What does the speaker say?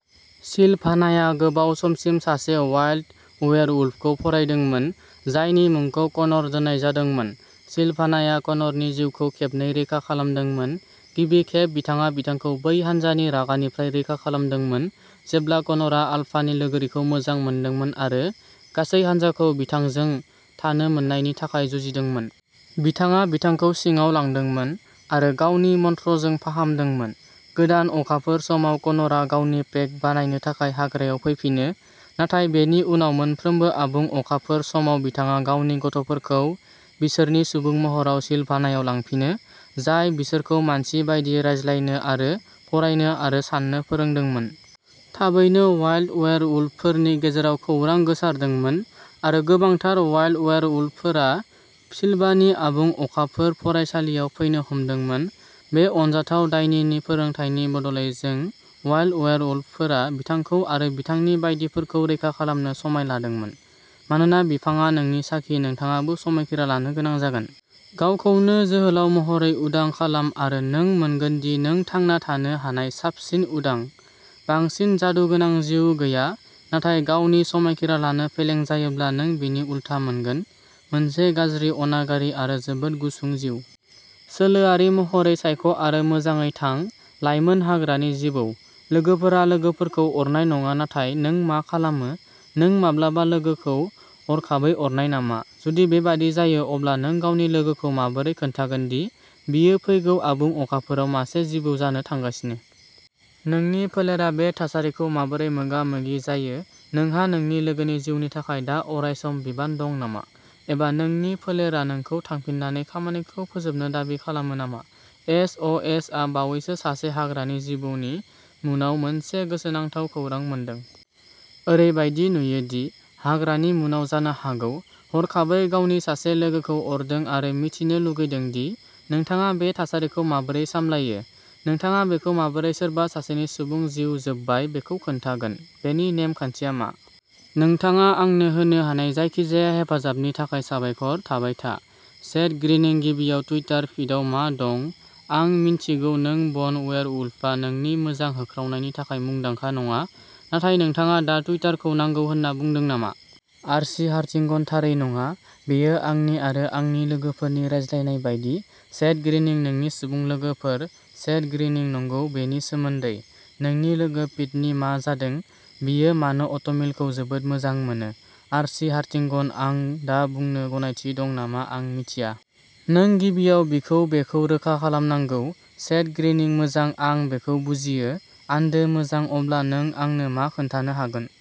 सिलभानाया गोबाव समसिम सासे वाइल्ड वेयरवुल्फखौ फरायदोंमोन, जायनि मुंखौ कनर दोननाय जादोंमोन। सिलभानाया कनरनि जिउखौ खेबनै रैखा खालामदोंमोन। गिबि खेब बिथाङा बिथांखौ बै हान्जानि रागानिफ्राय रैखा खालामदोंमोन जेब्ला कनरआ आल्फानि लोगोरिखौ मोजां मोनदोंमोन आरो गासै हान्जाखौ बिथांजों थानो मोन्नायनि थाखाय जुजिदोंमोन। बिथाङा बिथांखौ सिङाव लांदोंमोन आरो गावनि मंत्रजों फाहामदोंमोन। गोदान अखाफोर समाव, कनरआ गावनि पेक बानायनो थाखाय हाग्रायाव फैफिनो, नाथाय बेनि उनाव मोनफ्रोमबो आबुं अखाफोर समाव, बिथाङा गावनि गथ'फोरखौ बिसोरनि सुबुं महराव सिलभानायाव लांफिनो, जाय बिसोरखौ मानसि बायदि रायज्लायनो आरो फरायनो आरो साननो फोरोंदोंमोन। थाबैनो वाइल्ड वेयरवुल्फफोरनि गेजेराव खौरां गोसारदोंमोन आरो गोबांथार वाइल्ड वेयरवुल्फफोरा सिलभानानि आबुं अखाफोर फरायसालियाव फैनो हमदोंमोन। बे अनजाथाव डायनिनि फोरोंथायनि बदलै, जों वाइल्ड वेयरवुल्फफोरा बिथांखौ आरो बिथांनि बायदिफोरखौ रैखा खालामनो समाय लादोंमोन। मानोना बिफांआ नोंनि साखि, नोंथाङाबो समायखिरा लानो गोनां जागोन। गावखौनो जोहोलाव महरै उदां खालाम आरो नों मोनगोन दि नों थांना थानो हानाय साबसिन उदां, बांसिन जादुगोनां जिउ गैया। नाथाय गावनि समायखिरा लानो फेलें जायोब्ला नों बिनि उलथा मोनगोन, मोनसे गाज्रि, अनागारि आरो जोबोद गुसुं जिउ। सोलोआरि महरै सायख'आरो मोजाङै थां, लाइमोन हाग्रानि जिबौ। लोगोफोरा लोगोफोरखौ अरनाय नङा-नाथाय नों मा खालामो? नों माब्लाबा लोगोखौ हरखाबै अरनाय नामा? जुदि बेबादि जायो, अब्ला नों गावनि लोगोखौ माबोरै खोन्थागोन दि बियो फैगौ आबुं अखाफोराव मासे जिबौ जानो थांगासिनो? नोंनि फोलेरा बे थासारिखौ माबोरै मोगा-मोगि जायो? नोंहा नोंनि लोगोनि जिउनि थाखाय दा अरायसम बिबान दं नामा? एबा नोंनि फोलेरा नोंखौ थांफिननानै खामानिखौ फोजोबनो दाबि खालामो नामा? एस. अ. एस. आ बावैसो सासे हाग्रानि जिबौनि मुनाव मोनसे गोसोनांथाव खौरां मोनदों। ओरैबायदि नुयो दि हाग्रानि मुनाव जानो हागौ। हरखाबै गावनि सासे लोगोखौ अरदों आरो मिथिनो लुगैदों दि नोंथाङा बे थासारिखौ माबोरै सामलायो। नोंथाङा बेखौ माबोरै सोरबा सासेनि सुबुं जिउ जोबबाय बेखौ खोन्थागोन? बेनि नेम-खान्थिया मा? नोंथाङा आंनो होनो हानाय जायखिजाया हेफाजाबनि थाखाय साबायखर। थाबाय था। सेथ ग्रिनिं, गिबियाव टुइटार फिडआव मा दं? आं मिन्थिगौ नों बन वेयरवुल्फआ नोंनि मोजां होख्रावनायनि थाखाय मुंदांखा नङा, नाथाय नोंथाङा दा टुइटारखौ नांगौ होनना बुंदों नामा? आर्ची हार्टिगनः थारै नङा। बेयो आंनि आरो आंनि लोगोफोरनि रायज्लायनाय बायदि। सेथ ग्रिनिंः नोंनि सुबुं लोगोफोर? सेथ ग्रिनिंः नंगौ बेनि सोमोन्दै। नोंनि लोगो पिटनि मा जादों? बियो मानो अ'टमिलखौ जोबोद मोजां मोनो? आर्ची हार्टिगनः आं दा बुंनो गनायथि दं नामा आं मिथिया। नों गिबियाव बिखौ बेखौ रोखा खालामनांगौ। सेथ ग्रिनिंः मोजां, आं बेखौ बुजियो। आन्दो। मोजां। अब्ला नों आंनो मा खोन्थानो हागोन?